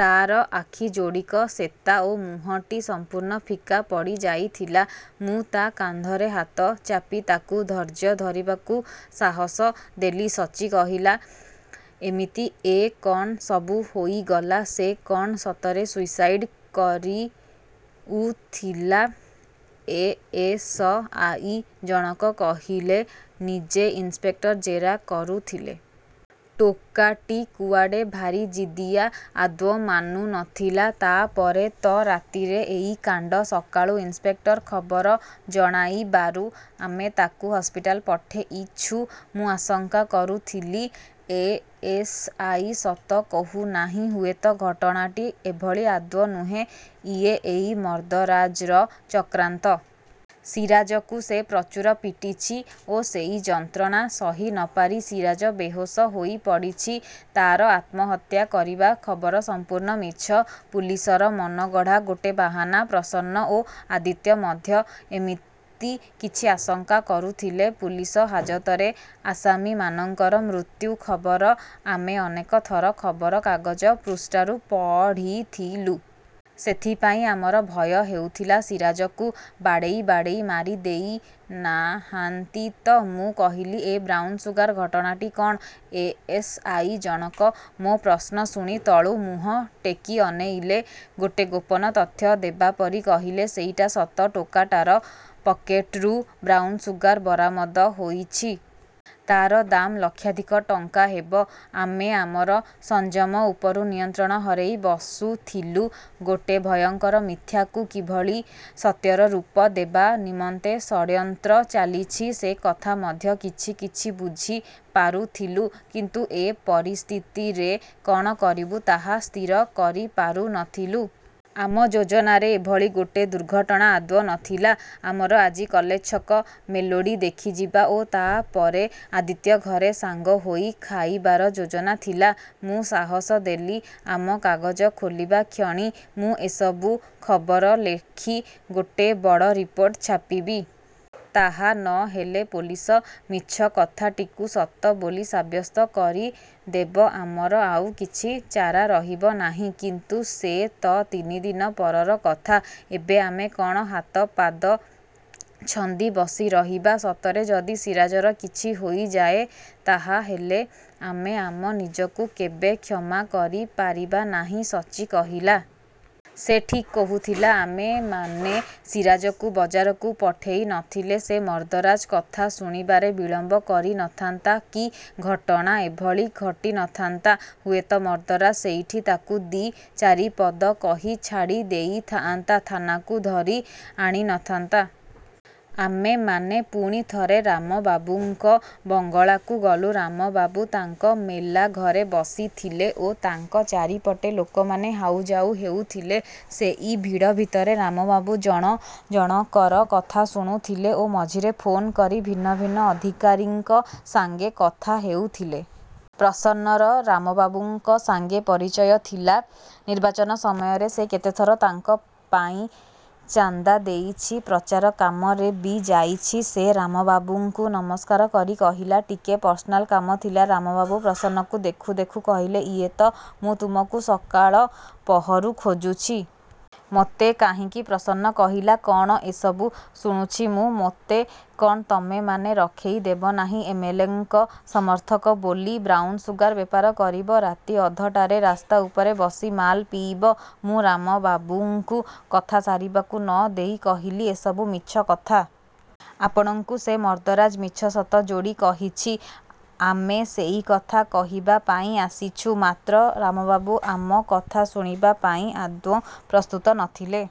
ତାର ଆଖିଯୋଡ଼ିକ ଶେତା ଓ ମୁହଁଟି ସମ୍ପୂର୍ଣ୍ଣ ଫିକା ପଡ଼ିଯାଇଥିଲା। ମୁଁ ତା କାନ୍ଧରେ ହାତ ଚାପି ତାକୁ ଧୈର୍ଯ୍ୟ ଧରିବାକୁ ସାହସ ଦେଲି। ସଚ୍ଚି କହିଲା, "ଏମିତି ଏ କଣ ସବୁ ହୋଇଗଲା? ସେ କଣ ସତରେ ସୁଇସାଇଡ କରିଉଥିଲା?"ଏଏସ୍‌ଆଇ ଜଣକ କହିଲେ, "ନିଜେ ଇନ୍ସପେକ୍ଟର ଜେରା କରୁଥିଲେ। ଟୋକାଟି କୁଆଡ଼େ ଭାରି ଜିଦିଆ। ଆଦୌ ମାନୁ ନଥିଲା। ତାପରେ ତ ରାତିରେ ଏଇ କାଣ୍ଡ। ସକାଳୁ ଇନ୍ସପେକ୍ଟର ଖବର ଜଣାଇବାରୁ ଆମେ ତାକୁ ହସ୍ପିଟାଲ ପଠେଇଛୁ।"ମୁଁ ଆଶଙ୍କା କରୁଥିଲି, ଏଏସ୍‌ଆଇ ସତ କହୁନାହିଁ। ହୁଏତ ଘଟଣାଟି ଏଭଳି ଆଦୌ ନୁହେଁ। ଇଏ ଏଇ ମର୍ଦ୍ଦରାଜର ଚକ୍ରାନ୍ତ। ସିରାଜକୁ ସେ ପ୍ରଚୁର ପିଟିଛି ଓ ସେଇ ଯନ୍ତ୍ରଣା ସହି ନପାରି ସିରାଜ ବେହୋସ ହୋଇପଡ଼ିଛି। ତାର ଆତ୍ମହତ୍ୟା କରିବା ଖବର ସମ୍ପୂର୍ଣ୍ଣ ମିଛ, ପୁଲିସର ମନଗଢ଼ା ଗୋଟେ ବାହାନା। ପ୍ରସନ୍ନ ଓ ଆଦିତ୍ୟ ମଧ୍ୟ ଏମିତି କିଛି ଆଶଙ୍କା କରୁଥିଲେ। ପୁଲିସ ହାଜତରେ ଆସାମୀମାନଙ୍କର ମୃତ୍ୟୁ ଖବର ଆମେ ଅନେକ ଥର ଖବରକାଗଜ ପୃଷ୍ଠାରୁ ପଢ଼ିଥିଲୁ। ସେଥିପାଇଁ ଆମର ଭୟ ହେଉଥିଲା, ସିରାଜକୁ ବାଡ଼େଇ ବାଡ଼େଇ ମାରି ଦେଇନାହାନ୍ତି ତ! ମୁଁ କହିଲି, "ଏ ବ୍ରାଉନ ସୁଗାର ଘଟଣାଟି କଣ?"ଏଏସ୍‌ଆଇ ଜଣକ ମୋ ପ୍ରଶ୍ନ ଶୁଣି ତଳୁ ମୁହଁଟେକି ଅନେଇଲେ। ଗୋଟେ ଗୋପନ ତଥ୍ୟ ଦେବାପରି କହିଲେ, "ସେଇଟା ସତ। ଟୋକାଟାର ପକେଟ୍ରୁ ବ୍ରାଉନ ସୁଗାର ବରାମଦ ହୋଇଛି। ତାର ଦାମ୍ ଲକ୍ଷାଧିକ ଟଙ୍କା ହେବ।"ଆମେ ଆମର ସଂଯମ ଉପରୁ ନିୟନ୍ତ୍ରଣ ହରେଇ ବସୁଥିଲୁ। ଗୋଟେ ଭୟଙ୍କର ମିଥ୍ୟାକୁ କିଭଳି ସତ୍ୟର ରୂପ ଦେବା ନିମନ୍ତେ ଷଡ୍ଯନ୍ତ୍ର ଚାଲିଛି ସେକଥା ମଧ୍ୟ କିଛି କିଛି ବୁଝିପାରୁଥିଲୁ। କିନ୍ତୁ ଏ ପରିସ୍ଥିତିରେ କଣ କରିବୁ, ତାହା ସ୍ଥିର କରିପାରୁ ନଥିଲୁ। ଆମ ଯୋଜନାରେ ଏଭଳି ଗୋଟେ ଦୁର୍ଘଟଣା ଆଦୌ ନଥିଲା। ଆମର ଆଜି କଲେଜଛକ ମେଲୋଡ଼ି ଦେଖିଯିବା ଓ ତାପରେ ଆଦିତ୍ୟ ଘରେ ସାଙ୍ଗ ହୋଇ ଖାଇବାର ଯୋଜନା ଥିଲା। ମୁଁ ସାହସ ଦେଲି, "ଆମ କାଗଜ ଖୋଲିବା କ୍ଷଣି ମୁଁ ଏସବୁ ଖବର ଲେଖି ଗୋଟେ ବଡ଼ ରିପୋର୍ଟ ଛାପିବି। ତାହା ନ ହେଲେ ପୋଲିସ ମିଛ କଥାଟିକୁ ସତ ବୋଲି ସାବ୍ୟସ୍ତ କରିଦେବ। ଆମର ଆଉ କିଛି ଚାରା ରହିବ ନାହିଁ।" "କିନ୍ତୁ ସେ ତ ତିନିଦିନ ପରର କଥା। ଏବେ ଆମେ କଣ ହାତପାଦ ଛନ୍ଦି ବସିରହିବା! ସତରେ ଯଦି ସିରାଜର କିଛି ହୋଇଯାଏ ତାହାହେଲେ ଆମେ ଆମ ନିଜକୁ କେବେ କ୍ଷମା କରିପାରିବା ନାହିଁ," ସଚ୍ଚି କହିଲା। ସେ ଠିକ୍ କହୁଥିଲା। ଆମେମାନେ ସିରାଜକୁ ବଜାରକୁ ପଠେଇ ନଥିଲେ ସେ ମର୍ଦ୍ଦରାଜ କଥା ଶୁଣିବାରେ ବିଳମ୍ବ କରି ନଥାନ୍ତା କି ଘଟଣା ଏଭଳି ଘଟି ନଥାନ୍ତା। ହୁଏତ ମର୍ଦ୍ଦରାଜ ସେଇଠି ତାକୁ ଦି ଚାରିପଦ କହି ଛାଡ଼ି ଦେଇଥାଆନ୍ତା। ଥାନାକୁ ଧରି ଆଣି ନଥାନ୍ତା। ଆମେମାନେ ପୁଣି ଥରେ ରାମବାବୁଙ୍କ ବଙ୍ଗଳାକୁ ଗଲୁ। ରାମବାବୁ ତାଙ୍କ ମେଲାଘରେ ବସିଥିଲେ ଓ ତାଙ୍କ ଚାରିପଟେ ଲୋକମାନେ ହାଉଯାଉ ହେଉଥିଲେ। ସେଇ ଭିଡ଼ ଭିତରେ ରାମବାବୁ ଜଣ ଜଣକର କଥା ଶୁଣୁଥିଲେ ଓ ମଝିରେ ଫୋନ୍ କରି ଭିନ୍ନ ଭିନ୍ନ ଅଧିକାରୀଙ୍କ ସାଙ୍ଗେ କଥା ହେଉଥିଲେ। ପ୍ରସନ୍ନର ରାମବାବୁଙ୍କ ସାଙ୍ଗେ ପରିଚୟ ଥିଲା। ନିର୍ବାଚନ ସମୟରେ ସେ କେତେଥର ତାଙ୍କ ପାଇଁ ଚାନ୍ଦା ଦେଇଛି। ପ୍ରଚାର କାମରେ ବି ଯାଇଛି। ସେ ରାମବାବୁଙ୍କୁ ନମସ୍କାର କରି କହିଲା, "ଟିକେ ପର୍ସନାଲ କାମ ଥିଲା।"ରାମବାବୁ ପ୍ରସନ୍ନକୁ ଦେଖୁ ଦେଖୁ କହିଲେ, "ଏଇତ! ମୁଁ ତୁମକୁ ସକାଳ ପହରୁ ଖୋଜୁଛି।" "ମୋତେ? କାହିଁକି!" ପ୍ରସନ୍ନ କହିଲା। "କଣ ଏସବୁ ଶୁଣୁଛି ମୁଁ? ମୋତେ କଣ ତମେମାନେ ରଖେଇ ଦେବ ନାହିଁ! ଏମ୍‌ଏଲ୍‌ଏଙ୍କ ସମର୍ଥକ ବୋଲି ବ୍ରାଉନ ସୁଗାର ବେପାର କରିବ। ରାତି ଅଧଟାରେ ରାସ୍ତା ଉପରେ ବସି ମାଲ ପିଇବ!"ମୁଁ ରାମବାବୁଙ୍କୁ କଥା ସାରିବାକୁ ନ ଦେଇ କହିଲି, "ଏସବୁ ମିଛ କଥା। ଆପଣଙ୍କୁ ସେ ମର୍ଦ୍ଦରାଜ ମିଛ ସତ ଯୋଡ଼ି କହିଛି। ଆମେ ସେଇକଥା କହିବା ପାଇଁ ଆସିଛୁ।"ମାତ୍ର ରାମବାବୁ ଆମ କଥା ଶୁଣିବା ପାଇଁ ଆଦୌ ପ୍ରସ୍ତୁତ ନଥିଲେ।